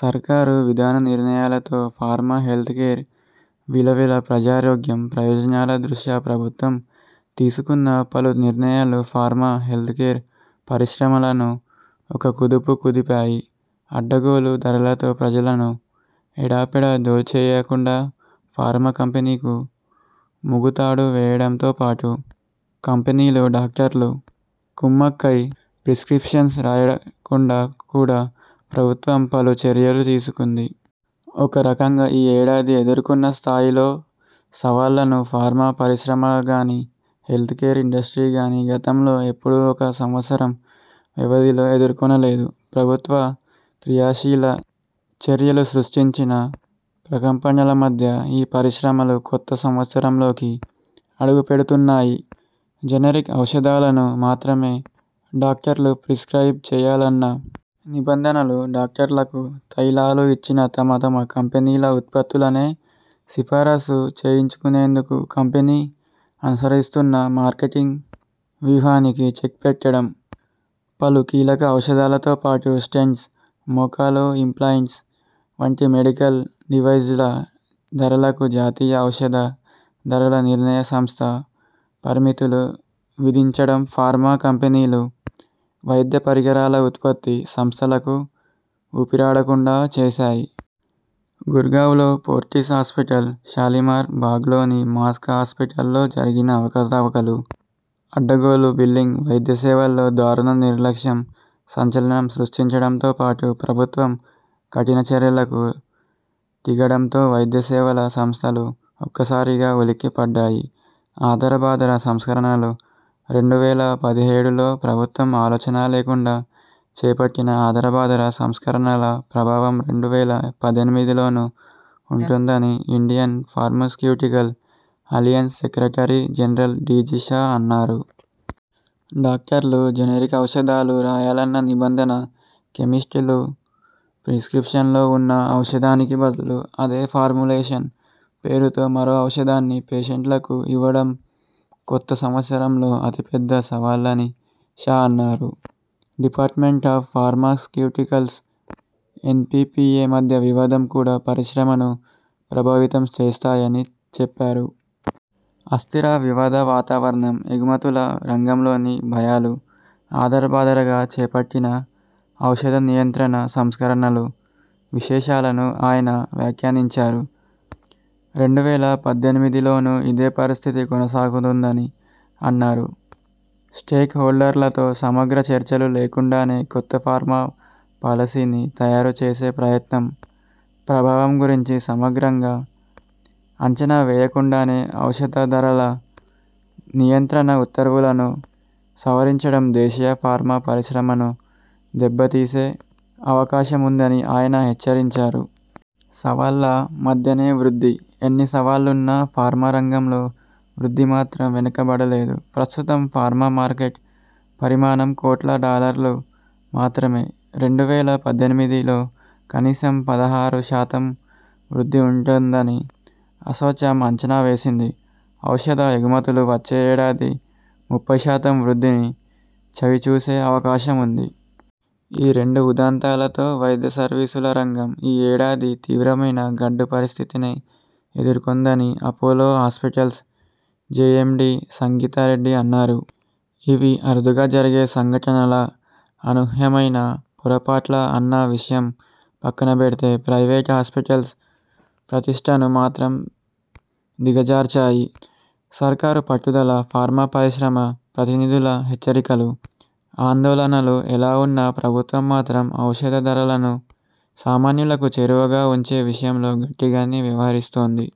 సర్కారు విధాన నిర్ణయాలతో ఫార్మా, హెల్త్కేర్ విలవిలప్రజారోగ్యం, ప్రయోజనాల దృష్ట్యా ప్రభుత్వం తీసుకున్న పలు నిర్ణయాలు ఫార్మా, హెల్త్కేర్ పరిశ్రమలను ఒక కుదుపు కుదిపాయి. అడ్డగోలు ధరలతో ప్రజలను ఎడాపెడా దోచేయకుండా ఫార్మా కంపెనీకు ముగుతాడు వేయడంతోపాటు, కంపెనీలు డాక్టర్లు కుమ్మక్కై ప్రిస్కిప్షన్స్ రాయకుండా కూడా ప్రభుత్వం పలు చర్యలు తీసుకుంది. ఒకరకంగా ఈ ఏడాది ఎదుర్కొన్న స్థాయిలో సవాళ్లను ఫార్మా పరిశ్రమగానీ, హెల్త్కేర్ ఇండస్ట్రీగానీ గతంలో ఎప్పుడూ ఒక సంవత్సరం వ్యవధిలో ఎదుర్కొనలేదు. ప్రభుత్వ క్రియాశీల చర్యలు సృష్టించిన ప్రకంపనల మధ్య ఈ పరిశ్రమలు కొత్త సంవత్సరంలోకి అడుగుపెడుతున్నాయి. జనరిక్ ఔషధాలను మాత్రమే డాక్టర్లు ప్రిస్క్రయిబ్ చేయాలన్న నిబంధనలు, డాక్టర్లకు తాయిలాలు ఇచ్చి తమ తమ కంపెనీల ఉత్పత్తులనే సిఫారసు చేయించుకునేందుకు కంపెనీ అనుసరిస్తున్న మార్కెటింగ్ వ్యూహానికి చెక్ పెట్టడం, పలు కీలక ఔషధాలతో పాటు స్టెంట్స్, మోకాలు ఇంప్లాంట్స్ వంటి మెడికల్ డివైజ్ల ధరలకు జాతీయ ఔషధ ధరల నిర్ణయ సంస్థ పరిమితులు విధించడం ఫార్మా కంపెనీలు, వైద్య పరికరాల ఉత్పత్తి సంస్థలకు ఊపిరాడకుండా చేశాయి. గుర్గావ్లో ఫోర్టిస్ హాస్పిటల్, షాలిమార్ భాగ్లోని మాక్స్ హాస్పిటల్లో జరిగిన అవకతవకలు, అడ్డగోలు బిల్లింగ్, వైద్యసేవల్లో దారుణ నిర్లక్ష్యం సంచలనం సృష్టించడంతోపాటు ప్రభుత్వం కఠిన చర్యలకు తిగడంతో వైద్యసేవల సంస్థలు ఒక్కసారిగా ఉలిక్కిపడ్డాయి. ఆదరబాదర సంస్కరణలు రెండు వేల పదిహేడులో ప్రభుత్వం ఆలోచనలేకుండా చేపట్టిన ఆదరబాదర సంస్కరణల ప్రభావం రెండు వేల పద్దెనిమిదిలోనూ ఉంటుందని Indian pharmaceutical alliance secretary general D G Shah అన్నారు. డాక్టర్లు జనరిక్ ఔషధాలు రాయాలన్న నిబంధన, కెమిస్టులు ప్రిస్ర్కిప్షన్లో ఉన్న ఔషధానికి బదులు అదే ఫార్ములేషన్ పేరుతో మరో ఔషధాన్ని పేషెంట్లకు ఇవ్వడంకొత్త సంవత్సరంలో అతి పెద్ద సవాళ్లని షా అన్నారు. డిపార్ట్మెంట్ ఆఫ్ ఫార్మాస్యూటికల్స్, ఎన్పిపిఎ మధ్య వివాదం కూడా పరిశ్రమను ప్రభావితం చేస్తాయని చెప్పారు. అస్థిర వివాధ వాతావరణం, ఎగుమతుల రంగంలోని భయాలు, ఆదరబాదరాగా చేపట్టిన ఔషధ నియంత్రణ సంస్కరణలు విశేషాలని ఆయన వ్యాఖ్యానించారు. రెండు వేల పద్దెనిమిదిలోనూ ఇదే పరిస్థితి కొనసాగుతుందని అన్నారు. స్టేక్ హోల్డర్లతో సమగ్ర చర్చలు లేకుండానే కొత్త ఫార్మా పాలసీని తయారు చేసే ప్రయత్నం, ప్రభావం గురించి సమగ్రంగా అంచనావేయకుండానే ఔషధ ధరల నియంత్రణ ఉత్తర్వులను సవరించడం దేశీయ ఫార్మా పరిశ్రమను దెబ్బతీసే అవకాశం ఉందని ఆయన హెచ్చరించారు. సవాళ్లమధ్యనే వృద్ధి.. ఎన్ని సవాళ్లున్నా ఫార్మా రంగంలో వృద్ధి మాత్రం వెనకబడలేదు. ప్రస్తుతం ఫార్మా మార్కెట్ పరిమాణం కోట్ల డాలర్లు మాత్రమే. రెండు వేల పద్దెనిమిదిలో కనీసం పదహారు శాతం వృద్ధి ఉంటుందని అసోచామ్ అంచనావేసింది. ఔషధ ఎగుమతులు వచ్చే ఏడాది ముప్పై శాతం వృద్ధిని చవిచూసే అవకాశం ఉంది. ఈ రెండు ఉదంతాలతో వైద్య సర్వీసుల రంగం ఈ ఏడాది తీవ్రమైన గడ్డు పరిస్థితినే ఎదుర్కొందని Apollo hospitals JMD Sangita Reddy అన్నారు. ఇవి అరుదుగా జరిగే సంఘటనలా, అనూహ్యమైన పొరపాట్లా అన్న విషయం పక్కనబెడితే ప్రైవేట్ హాస్పిటల్స్ ప్రతిష్ఠను మాత్రం దిగజార్చాయి. సర్కారు పట్టుదలఫార్మా పరిశ్రమ, ప్రతినిధుల హెచ్చరికలు, ఆందోళనలు ఎలా ఉన్నా ప్రభుత్వం మాత్రం ఔషధ ధరలను సామాన్యులకు చేరువగా ఉంచే విషయంలో గట్టిగానే వ్యవహరిస్తోంది.